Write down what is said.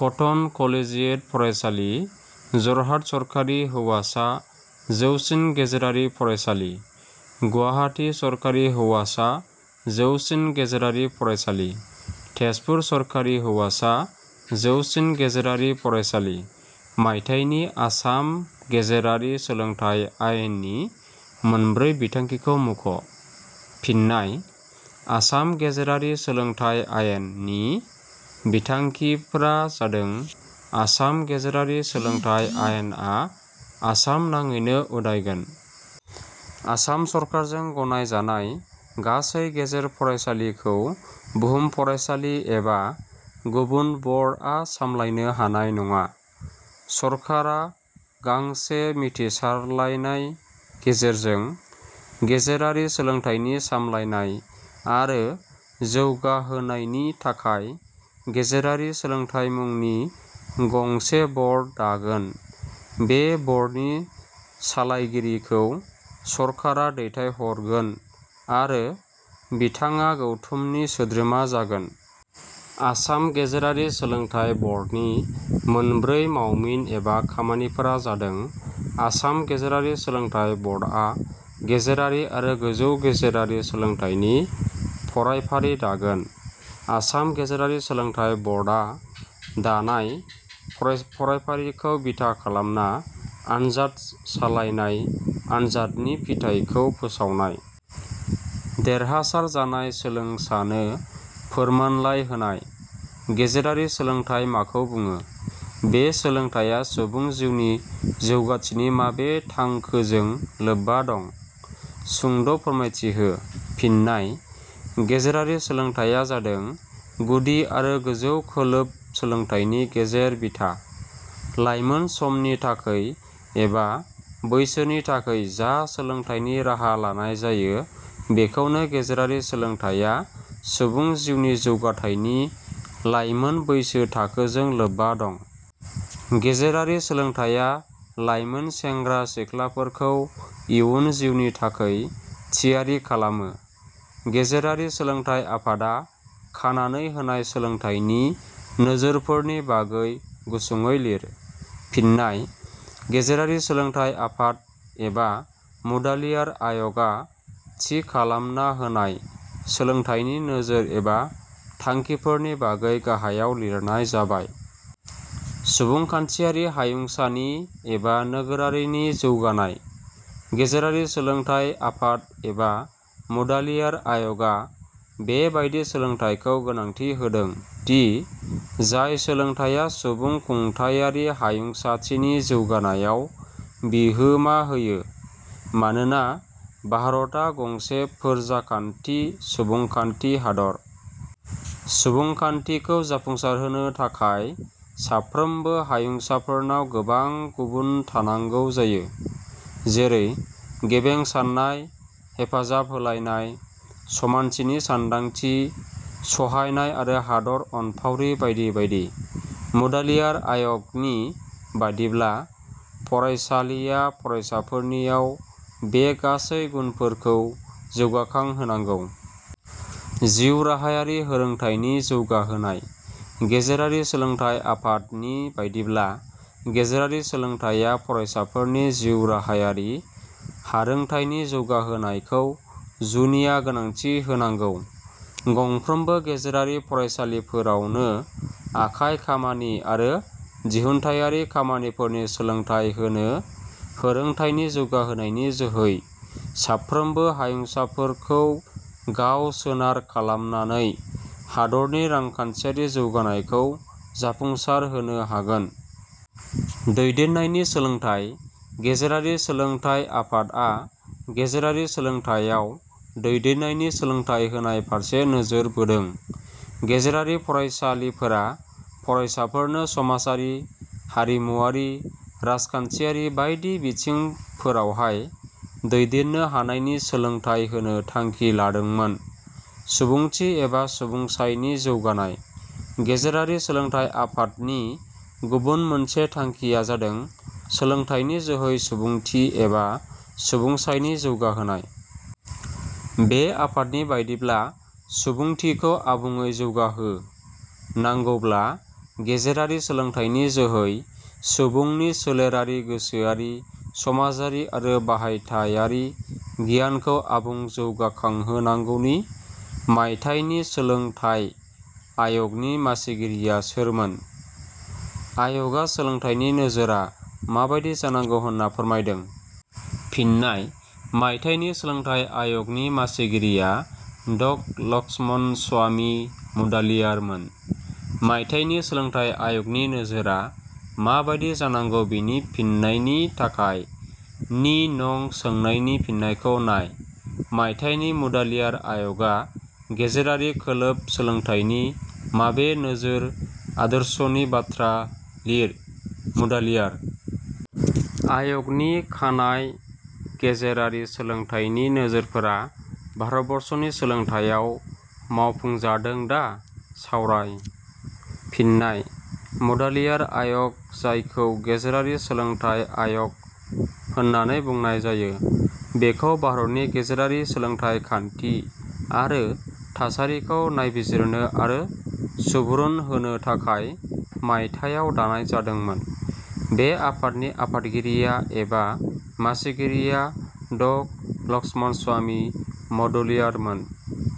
Cotton Collegiate फरायसालि। जरहाट सरकारि हौवासा जौसिन गेजेरारि फरायसालि। गुवाहाटि सरकारि हौवासा जौसिन गेजेरारि फरायसालि। टेजपुर सरकारि हौवासा जौसिन गेजेरारि फरायसालि।. मायथाइनि आसाम गेजेरारि सोलोंथाइ आयेननि मोनब्रै बिथांखि मुंख'। फिन्नाय: आसाम गेजेरारि सोलोंथाइ आयेन, नि बिथांखि फोरा जादों: आसाम गेजेरारि सोलोंथाइ आयेन आ आसाम नाङैनो उदायगोन। आसाम सरकारजों गनाय जानाय गासै गेजेर फरायसालिखौ भुम फरायसालि एबा गुबुन बर्ड आ सामलायनो हानाय नङा। सरकारा गांसे मिथिसारलायनाय गेजेरजों गेजेरारि सोलोंथाइनि सामलायनाय, आरो जौगाहोनायनि थाखाय गेजेरारि सोलोंथाइ मुंनि गंसे बर्ड दागोन। बे बर्डनि सालायगिरिखौ सरकारा दैथायहरगोन आरो बिथाङा गौथुमनि सोद्रोमा जागोन। आसाम गेजेरारि सोलोंथाइ बर्डनि मोनब्रै मावमिन एबा खामानिफोरा जादों: आसाम गेजेरारि सोलोंथाइ बर्डआ गेजेरारि आरो गोजौ गेजेरारि सोलोंथाइनि फरायफारि दागोन। आसाम गेजेरारि सोलोंथाइ बर्डाआ दानाय फरायफारिखौ बिथा खालामना आनजाद सालायनाय। आनजादनि फिथायखौ फोसावनाय। देरहासार जानाय सोलोंसानो फोरमानलाइ होनाय।.गेजेरारि सोलोंथाइ माखौ बुङो? बे सोलोंथाइया सुबुं जिउनि जौगाथिनि माबे थांखोजों लोबबा दं? सुंद ' फोरमायथि हो। फिन्नाय: गेजेरारि सोलोंथाइया जादों गुदि आरो गोजौ खोलोब सोलोंथाइनि गेजेर बिथा। लाइमोन समनि थाखै एबा बैसोनि थाखै जा सोलोंथाइनि राहा लानाय जायो बेखौनो गेजेरारि सोलोंथाइया सुबुं जिउनि जौगाथाइनि लाइमोन बैसो थाखोजों लोबबा दं। गेजेरारि सोलोंथाइया लाइमोन सेंग्रा सिख्लाफोरखौ इयुन जिउनि थाखै थियारि खालामो।.गेजेरारि सोलोंथाइ आफादा खानानै होनाय सोलोंथाइनि नोजोरफोरनि बागै गुसुङैलिर। फिन्नाय: गेजेरारि सोलोंथाइ आफाद - एबा मुडालियार आय 'गा थि खालामना होनाय सोलोंथाइनि नोजोर एबा थांखिफोरनि बागै गाहायाव लिरनाय जाबाय:. सुबुंखान्थियारि हायुंसानि एबा नोगोरारिनि जौगानाय: गेजेरारि सोलोंथाइ आफाद एबा मुडालियार आय 'गा बे बादि सोलोंथाइखौ गोनांथि होदों दि जाय सोलोंथाइया सुबुं खुंथायारि हायुंसाथिनि जौगानायाव बिहोमा होयो। मानोना भारता गंसे फोरजाखान्थि सुबुंखान्थि हादर। सुबुंखान्थिखौ जाफुंसारहोनो थाखाय साफ्रोमबो हायुंसाफोरनाव गोबां गुबुन थानांगौ जायो जेरै – गेबें साननाय, हेफाजाबहोलायनाय, समानथिनि सानदांथि, सहायनाय आरो हादर अनफावरि बायदि बायदि। मुडालियार आय 'गनि बादिब्ला, फरायसालिया फरायसाफोरनियाव बे गासैबो गुनफोरखौ जौगाखां होनांगौ।. जिउ राहायारि हारोंथाइनि जौगाहोनाय: गेजेरारि सोलोंथाइ आफाद - नि बादिब्ला गेजेरारि सोलोंथाइया फरायसाफोरनि जिउ राहायारि हारोंथाइनि जौगाहोनायखौ जुनिया गोनांथि होनांगौ। गंफ्रोमबो गेजेरारि फरायसालिफोरावनो आखाइ खामानि आरो दिहुनथायारि खामानिफोरनि सोलोंथाइ होनो हारोंथाइनि जौगाहोनायनि जोहै साफ्रोमबो हायुंसाफोरखौ गाव सोनार खालामनानै हादरनि रांखान्थियारि जौगानायखौ जाफुंसार होनो हागोन।. दैदेननायनि सोलोंथाइ :गेजेरारि सोलोंथाइ आफाद - आ गेजेरारि सोलोंथाइयाव दैदेननायनि सोलोंथाइ होनाय फारसे नोजोर बोदों। गेजेरारि फरायसालिफोरा फरायसाफोरनो समाजारि, हारिमुवारि, राजखान्थियारि बायदि बिथिं फोरावहाय दैदेननो हानायनि सोलोंथाइ होनो थांखि लादोंमोन।. सुबुंथि एबा सुबुंसायनि जौगानाय: गेजेरारि सोलोंथाइ आफाद - नि गुबुन मोनसे थांखिया जादों सोलोंथाइनि जोहै सुबुंथि एबा सुबुंसायनि जौगाहोनाय। बे आफादनि बादिब्ला सुबुंथिखौ आबुङै जौगाहो- नांगौब्ला गेजेरारि सोलोंथाइनि जोहै सुबुंनि सोलेरारि, गोसोआरि, समाजारि आरो बाहायथायारि गियानखौ आबुङै जौगाखांहोनांगौनि।. - मायथाइनि सोलोंथाइ आय 'गनि मासिगिरिया सोरमोन? आय 'गा सोलोंथाइनि नोजोरा माबायदि जानांगौ होनना फोरमायदों? फिन्नाय: - मायथाइनि सोलोंथाइ आय 'गनि मासिगिरिया ड लक्षमणस्वामि मुडालियार मोन। - मायथाइनि सोलोंथाइ आय 'गनि नोजोरा। माबादि जानांगौ बेनि फिननायनि थाखाय नि नं सोंनायनि फिननायखौ नाय।. - मायथाइनि मुडालियार आय 'गा गेजेरारि खोलोब सोलोंथाइनि माबे नोजोर आदर्शनि बाथ्रा लिर।.मुडालियार आय 'गनि खानाय गेजेरारि सोलोंथाइनि नोजोरफोरा भारतबर्षनि सोलोंथाइयाव मावफुंजादों दा। सावराय। फिन्नाय: मुडालियार आयग जायखौ गेजेरारि सोलोंथाइ आय'ग - होननाबो बुंनाय जायो, बेखौ भारतनि गेजेरारि सोलोंथाइ खान्थि आरो थासारिखौ नायबिजिरनो आरो सुबुरुन होनो थाखाय मायथाइयाव दानाय जादोंमोन। बे आफादनि आफादगिरिया एबा मासिगिरिया ड लक्षमणस्वामि मुडालियार मोन।